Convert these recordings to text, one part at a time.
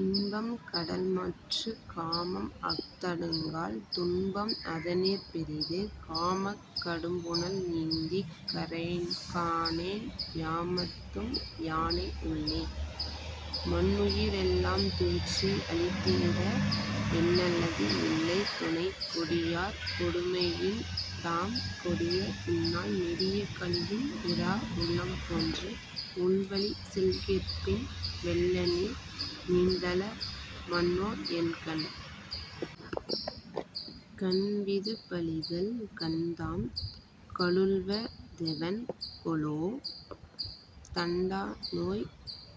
இன்பம் கடல்மற்றுக் காமம் அஃதடுங்கால் துன்பம் அதனிற் பெரிது. காமக் கடும்புனல் நீந்திக் கரைகாணேன் யாமத்தும் யானே உளேன். மன்னுயிர் எல்லாம் துயிற்றி அளித்திரா என்னல்லது இல்லை துணை. கொடியார் கொடுமையின் தாம்கொடிய இந்நாள் நெடிய கழியும் இரா. உள்ளம்போன்று உள்வழிச் செல்கிற்பின் வெள்ளநீர் நீந்தல மன்னோஎன் கண்.. கண்விதுப்பழிது கண்தாம் கலுழ்வ தெவன்கொலோ தண்டாநோய்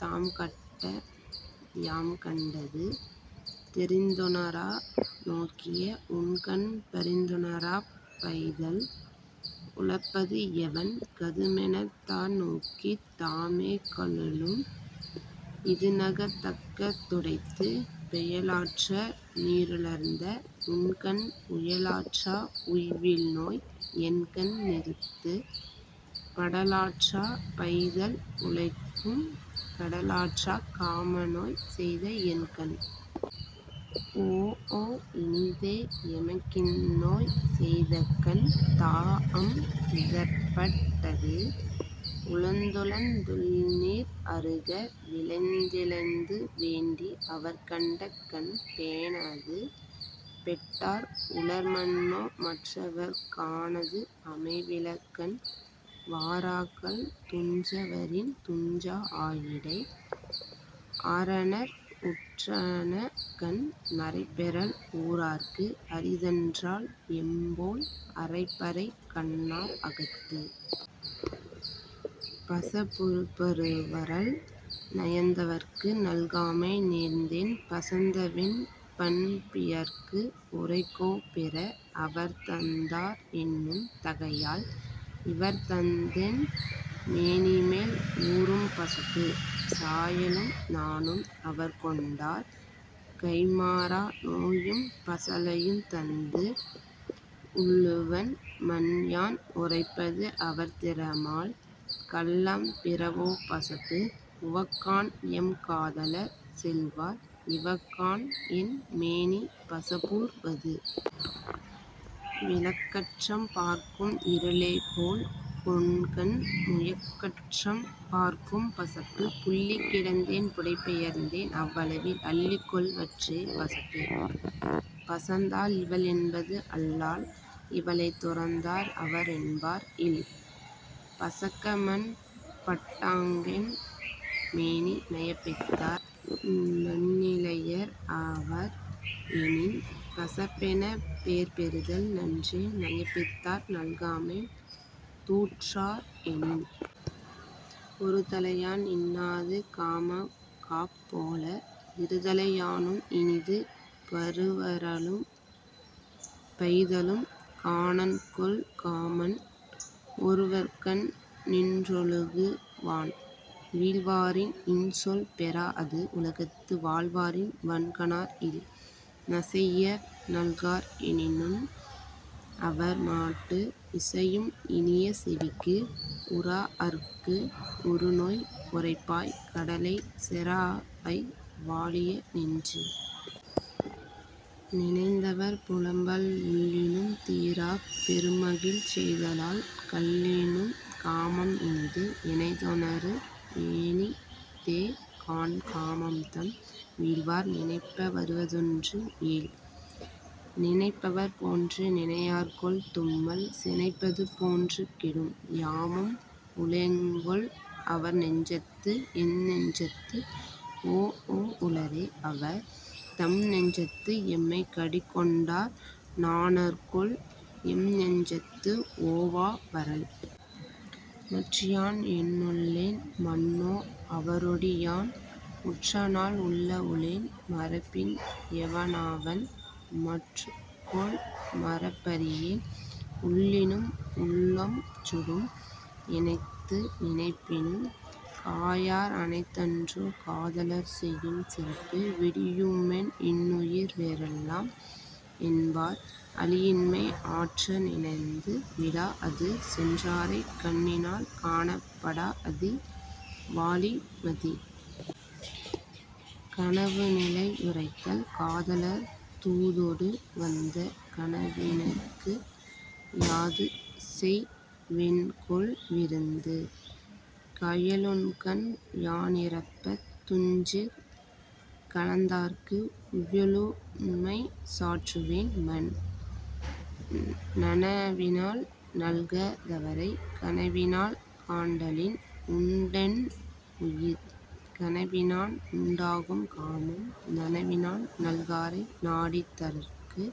தாம்கட்ட யாம்கண் டது. தெரிந்துணரா நோக்கிய உண்கண் பரிந்துணராப் பைதல் உழப்பது எவன்? கதுமெனத் தாநோக்கித் தாமே கலுழும் இதுநகத் தக்க துடைத்து. பெயலாற்றா நீருலந்த உண்கண் உயலாற்றா உய்வில்நோய் என்கண் நிறுத்து. படலாற்றா பைதல் உழைக்கும் கடலாற்றாக் காமநோய் செய்தஎன் கண். ஓஒ இனிதே எமக்கிந்நோய் செய்தகண் தாஅம் இதற்பட் டது. உழந்துழந் துள்நீர் அறுக விழைந்திழைந்து வேண்டி அவர்க்கண்ட கண். பேணாது பெட்டார் உளர்மன்னோ மற்றவர்க் காணது அமைவில கண். வாராக்கால் துஞ்சா வரின்துஞ்சா ஆயிடை ஆரனர் உற்றன கண். மறைபெறல் ஊரார்க்கு அரிதன்றால் எம்போல் அறைபறை கண்ணார் அகத்து.. பசப்புறுபருவரல் நயந்தவர்க்கு நல்காமை நேர்ந்தேன் பசந்தவென் பண்பியார்க்கு உரைக்கோ பிற. அவர்தந்தார் என்னும் தகையால் இவர்தந்தென் மேனிமேல் ஊரும் பசப்பு. சாயலும் நாணும் அவர்கொண்டார் கைம்மாறா நோயும் பசலையும் தந்து. உள்ளுவன் மன்யான் உரைப்பது அவர்திறமால் கள்ளம் பிறவோ பசப்பு. உவக்காண்எம் காதலர் செல்வார் இவக்காண்என் மேனி பசப்பூர் வது. விளக்கற்றம் பார்க்கும் இருளேபோல் கொண்கன் முயக்கற்றம் பார்க்கும் பசப்பு. புல்லிக் கிடந்தேன் புடைபெயர்ந்தேன் அவ்வளவில் அள்ளிக்கொள் வற்றே பசப்பு. பசந்தாள் இவள்என்பது அல்லால் இவளைத் துறந்தார் அவர்என்பார் இல். பசக்கமன் பட்டாங்கென் மேனி நயப்பித்தார் நன்னிலையர் ஆவர் எனின். பசப்பெனப் பேர்பெறுதல் நன்றே நயப்பித்தார் நல்காமை தூற்றார் எனின்.. ஒருதலையான் இன்னாது காமம்காப் போல இருதலை யானும் இனிது. பருவரலும் பைதலும் காணன்கொல் காமன் ஒருவர்கண் நின்றொழுகு வான். வீழ்வாரின் இன்சொல் பெறாஅது உலகத்து வாழ்வாரின் வன்கணார் இல். நசைஇயார் நல்கார் எனினும் அவர்மாட்டு இசையும் இனிய செவிக்கு. உறாஅர்க்கு உறுநோய் உரைப்பாய் கடலைச் செறாஅஅய் வாழிய நெஞ்சு.. நினைந்தவர்புலம்பல் உள்ளினும் தீராப் பெருமகிழ் செய்தலால் கள்ளினும் காமம் இனிது. எனைத்தொனறு ஏனிதேகாண் காமம்தாம் வீழ்வார் நினைப்ப வருவதொன்று ஏல். நினைப்பவர் போன்று நினையார்கொல் தும்மல் சினைப்பது போன்று கெடும். யாமும் உளேங்கொல் அவர்நெஞ்சத்து எந்நெஞ்சத்து ஓஒ உளரே அவர். தம்நெஞ்சத்து எம்மைக் கடிகொண்டார் நாணர்கொல் எம்நெஞ்சத்து ஓவா வரல். மற்றியான் என்னுளேன் மன்னோ அவரொடி யான் உற்றநாள் உள்ள உளேன். மறப்பின் எவனாவன் மற்கொல் மறப்பறியேன் உள்ளினும் உள்ளம் சுடும். எனைத்து நினைப்பினும் காயார் அனைத்தன்றோ காதலர் செய்யும் சிறப்பு. விளியுமென் இன்னுயிர் வேறல்லம் என்பார் அளியின்மை ஆற்ற நினைந்து. விடாஅது சென்றாரைக் கண்ணினால் காணப் படாஅதி வாழி மதி.. கனவுநிலையுரைத்தல் காதலர் தூதொடு வந்த கனவினுக்கு யாதுசெய் வேன்கொல் விருந்து. கயலுண்கண் யானிரப்பத் துஞ்சிற் கலந்தார்க்கு உயலுண்மை சாற்றுவேன் மன். நனவினால் நல்கா தவரைக் கனவினால் காண்டலின் உண்டென் உயிர். கனவினான் உண்டாகும் காமம் நனவினான் நல்காரை நாடித் தரற்கு.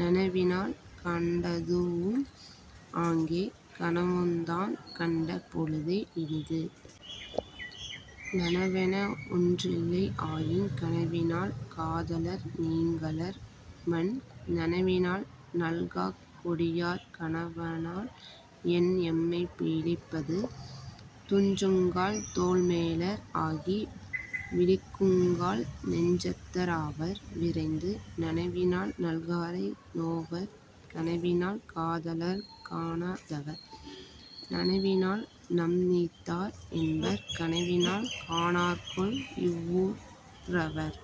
நனவினால் கண்டதூஉம் ஆங்கே கனவுந்தான் கண்ட பொழுதே இனிது. நனவென ஒன்றில்லை ஆயின் கனவினால் காதலர் நீங்கலர் மன். நனவினால் நல்காக் கொடியார் கனவனால் என்எம்மைப் பீழிப் பது. துஞ்சுங்கால் தோள்மேலர் ஆகி விழிக்குங்கால் நெஞ்சத்தர் ஆவர் விரைந்து. நனவினால் நல்காரை நோவர் கனவினால் காதலர்க் காணா தவர். நனவினால் நம்நீத்தார் என்பர் கனவினால் காணார்கொல் இவ்வூ ரவர்..